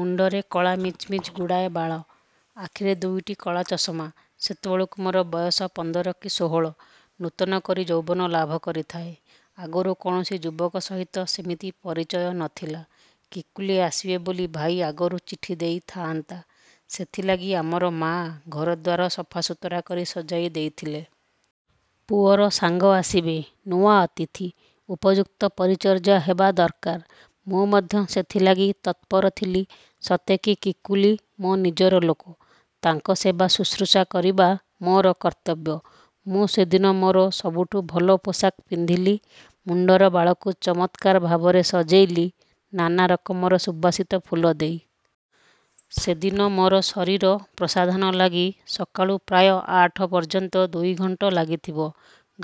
ମୁଣ୍ଡରେ କଳା Mitch Mitch ଗୁଡ଼ାଏ ବାଳ। ଆଖିରେ ଦୁଇଟି କଳା ଚଷମା। ସେତେବଳେକୁ ମୋର ବୟସ ପନ୍ଦର କି ଷୋହଳ। ନୂତନ କରି ଯୌବନ ଲାଭ କରିଥାଏ-ଆଗରୁ କୌଣସି ଯୁବକ ସହିତ ସେମିତି ପରିଚୟ ନ ଥିଲା। କିକୁଲି ଆସିବେ ବୋଲି ଭାଇ ଆଗରୁ ଚିଠି ଦେଇଥାଆନ୍ତା; ସେଥିଲାଗି ଆମର ମା ଘରଦ୍ୱାର ସଫାସୁତୁରା କରି ସଜେଇ ଦେଇଥିଲେ। ପୁଅର ସାଙ୍ଗ ଆସିବେ-ନୂଆ ଅତିଥି। ଉପଯୁକ୍ତ ପରିଚର୍ଯ୍ୟା ହେବା ଦରକାର। ମୁଁ ମଧ୍ୟ ସେଥିଲାଗି ତତ୍ପର ଥିଲି ସତେ କି କିକୁଲି ମୋ ନିଜର ଲୋକ! ତାଙ୍କ ସେବା ଶୁଶ୍ରୁଷା କରିବା ମୋର କର୍ତ୍ତବ୍ୟ! ମୁଁ ସେଦିନ ମୋର ସବୁଠୁ ଭଲ ପୋଷାକ ପିନ୍ଧିଲି। ମୁଣ୍ଡର ବାଳକୁ ଚମତ୍କାର ଭାବରେ ସଜେଇଲି ନାନା ରକମର ସୁବାସିତ ଫୁଲ ଦେଇ। ସେଦିନ ମୋର ଶରୀର ପ୍ରସାଧନ ଲାଗି ସକାଳୁ ପ୍ରାୟ ଆଠ ପର୍ଯ୍ୟନ୍ତ ଦୁଇ ଘଣ୍ଟ ଲାଗିଥିବ।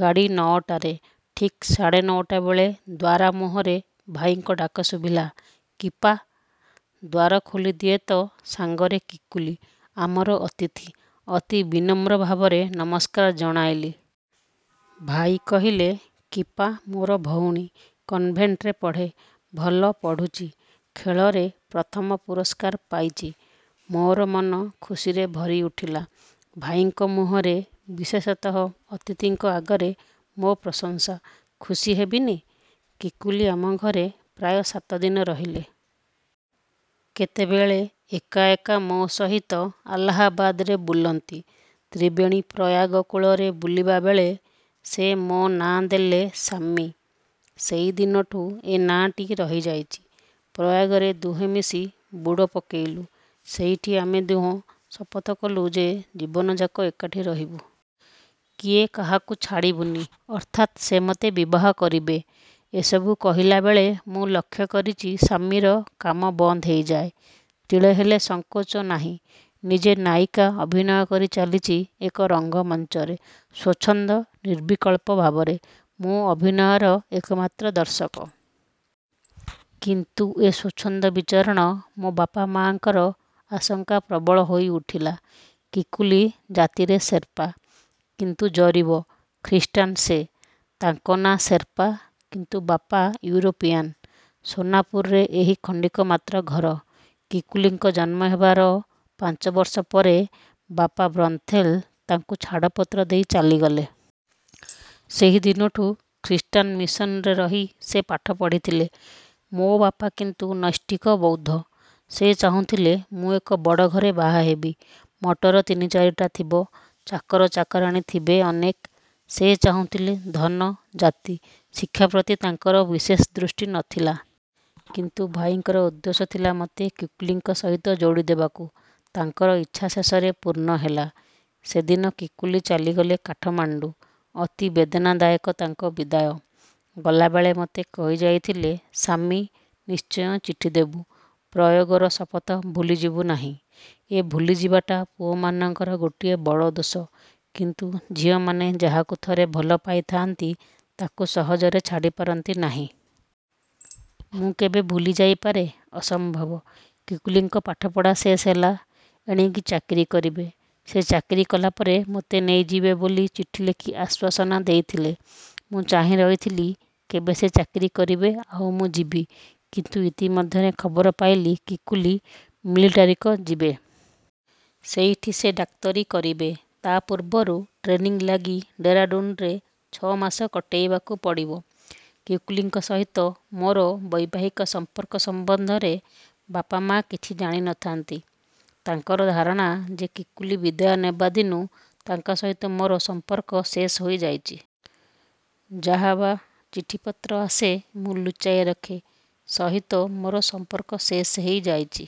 ଗାଡ଼ି ନଅଟାରେ। ଠିକ୍ ସାଢ଼େ ନଅଟା ବେଳେ ଦ୍ୱାରା ମୁହଁରେ ଭାଇଙ୍କ ଡ଼ାକ ଶୁଭିଲା-କିପା-। ଦ୍ୱାର ଖୋଲିଦିଏ ତ ସାଙ୍ଗରେ କିକୁଲି-ଆମର ଅତିଥି। ଅତି ବିନମ୍ର ଭାବରେ ନମସ୍କାର ଜଣାଇଲି। ଭାଇ କହିଲେ-କିପା ମୋର ଭଉଣୀ। କନ୍ଭେଣ୍ଟରେ ପଢ଼େ। ଭଲ ପଢ଼ୁଚି। ଖେଳରେ ପ୍ରଥମ ପୁରସ୍କାର ପାଇଚି। ମୋର ମନ ଖୁସିରେ ଭରି ଉଠିଲା। ଭାଇଙ୍କ ମୁହଁରେ ବିଶେଷତଃ ଅତିଥିଙ୍କ ଆଗରେ ମୋ ପ୍ରଶଂସା। ଖୁସି ହେବିନି? କିକୁଲି ଆମ ଘରେ ପ୍ରାୟ ସାତ ଦିନ ରହିଲେ। କେତେବେଳେ ଏକା ଏକା ମୋ ସହିତ ଆଲାହାବାଦରେ ବୁଲନ୍ତି। ତ୍ରିବେଣୀ ପ୍ରୟାଗ କୂଳରେ ବୁଲିବାବେଳେ ସେ ମୋ ନା ଦେଲେ ଶାମ୍ମି। ସେଇଦିନଠୁଁ ଏ ନାଁଟି ରହିଯାଇଛି। ପ୍ରୟାଗରେ ଦୁହେଁ ମିଶି ବୁଡ଼ ପକେଇଲୁ। ସେଇଠି ଆମେ ଦୁହଁ ଶପଥ କଲୁ ଯେ ଜୀବନଯାକ ଏକାଠି ରହିବୁ। କିଏ କାହାକୁ ଛାଡ଼ିବୁନି। ଅର୍ଥାତ୍ ସେ ମତେ ବିବାହ କରିବେ। ଏ ସବୁ କହିଲାବେଳେ ମୁଁ ଲକ୍ଷ୍ୟ କରିଚି ଶାମ୍ମିର କାମ ବନ୍ଦ ହୋଇଯାଏ। ତିଳେହେଲେ ସଂକୋଚ ନାହିଁ। ନିଜେ ନାୟିକା ଅଭିନୟ କରି ଚାଲିଚି ଏକ ରଙ୍ଗମଞ୍ଚରେ-ସ୍ୱଚ୍ଛନ୍ଦ ନିର୍ବିକଳ୍ପ ଭାବରେ। ମୁଁ ଅଭିନୟର ଏକମାତ୍ର ଦର୍ଶକ। କିନ୍ତୁ ଏ ସ୍ୱଚ୍ଛନ୍ଦ ବିଚରଣ ମୋ ବାପା ମାଆଙ୍କର ଆଶଙ୍କା ପ୍ରବଳ ହୋଇଉଠିଲା। କିକୁଲି ଜାତିରେ ସେର୍ପା, କିନ୍ତୁ ଜରିବ ଖ୍ରୀଷ୍ଟାନ୍ ସେ। ତାଙ୍କ ନା ସେର୍ପା କିନ୍ତୁ ବାପା ଇଉରୋପୀଆନ୍। ସୋନାପୁରରେ ଏହି ଖଣ୍ଡିକ ମାତ୍ର ଘର। କିକୁଲିଙ୍କ ଜନ୍ମ ହେବାର ପାଞ୍ଚବର୍ଷ ପରେ ବାପା ବ୍ରନ୍ଥେଲ୍ ତାଙ୍କୁ ଛାଡ଼ପତ୍ର ଦେଇ ଚାଲିଗଲେ। ସେଇଦିନଠୁଁ ଖ୍ରୀଷ୍ଟାନ ମିସନରେ ରହି ସେ ପାଠ ପଢ଼ିଥିଲେ। ମୋ ବାପା କିନ୍ତୁ ନୈଷ୍ଠିକ ବୌଦ୍ଧ। ସେ ଚାହୁଁଥିଲେ ମୁଁ ଏକ ବଡ଼ ଘରେ ବାହା ହେବି। ମଟର ତିନି ଚାରିଟା ଥିବ। ଚାକର ଚାକରାଣୀ ଥିବେ ଅନେକ। ସେ ଚାହୁଁଥିଲେ ଧନ, ଜାତି। ଶିକ୍ଷା ପ୍ରତି ତାଙ୍କର ବିଶେଷ ଦୃଷ୍ଟି ନ ଥିଲା। କିନ୍ତୁ ଭାଇଙ୍କର ଉଦ୍ଦେଶ୍ୟ ଥିଲା ମତେ କିକୁଲିଙ୍କ ସହିତ ଯୋଡ଼ିଦେବାକୁ। ତାଙ୍କର ଇଚ୍ଛା ଶେଷରେ ପୂର୍ଣ୍ଣ ହେଲା। ସେ ଦିନ କିକୁଲି ଚାଲିଗଲେ କାଠମାଣ୍ଡୁ-ଅତି ବେଦନାଦାୟକ ତାଙ୍କର ବିଦାୟ। ଗଲାବେଳେ ମତେ କହିଯାଇଥିଲେ ଶାମ୍ମି ନିଶ୍ଚୟ ଚିଠି ଦେବୁ। ପ୍ରୟୋଗର ଶପଥ ଭୁଲିଯିବୁ ନାହିଁ। ଏ ଭୁଲିଯିବାଟା ପୁଅମାନଙ୍କର ଗୋଟିଏ ବଡ଼ ଦୋଷ କିନ୍ତୁ ଝିଅମାନେ ଯାହାକୁ ଥରେ ଭଲ ପାଇଥାଆନ୍ତି ତାକୁ ସହଜରେ ଛାଡ଼ିପାରନ୍ତି ନାହିଁ। ମୁଁ କେବେ ଭୁଲିଯାଇପାରେ ଅସମ୍ଭବ। କିକୁଲିଙ୍କ ପଢ଼ା ଶେଷ ହେଲା। ଏଣିକି ଚାକିରୀ କରିବେ। ସେ ଚାକିରୀ କଲା ପରେ ମତେ ନେଇଯିବେ ବୋଲି ଚିଠି ଲେଖି ଆଶ୍ୱାସନା ଦେଇଥିଲେ। ମୁଁ ଚାହିଁ ରହିଥିଲି କେବେ ସେ ଚାକିରୀ କରିବେ ଆଉ ମୁଁ ଯିବି। କିନ୍ତୁ ଇତିମଧ୍ୟରେ ଖବର ପାଇଲି କିକୁଲି ମିଲଟାରୀକ ଯିବେ। ସେଇଠି ସେ ଡାକ୍ତରୀ କରିବେ। ତା ପୂର୍ବରୁ ଟ୍ରେନିଂ ଲାଗି ଡେରାଡ଼ୁନରେ ଛଅ ମାସ କଟେଇବାକୁ ପଡ଼ିବ। କିକୁଲିଙ୍କ ସହିତ ମୋର ବୈବାହିକ ସଂପର୍କ ସମ୍ୱନ୍ଧରେ ବାପା ମା କିଛି ଜାଣି ନ ଥାଆନ୍ତି। ତାଙ୍କର ଧାରଣା ଯେ କିକୁଲି ବିଦାୟ ନେବା ଦିନୁ ତାଙ୍କ ସହିତ ମୋର ସମ୍ପର୍କ ଶେଷ ହୋଇଯାଇଛି। ଯାହା ବା ଚିଠିପତ୍ର ଆସେ ମୁଁ ଲୁଚାଇ ରଖେ। ସହିତ ମୋର ସମ୍ପର୍କ ଶେଷ ହୋଇଯାଇଛି।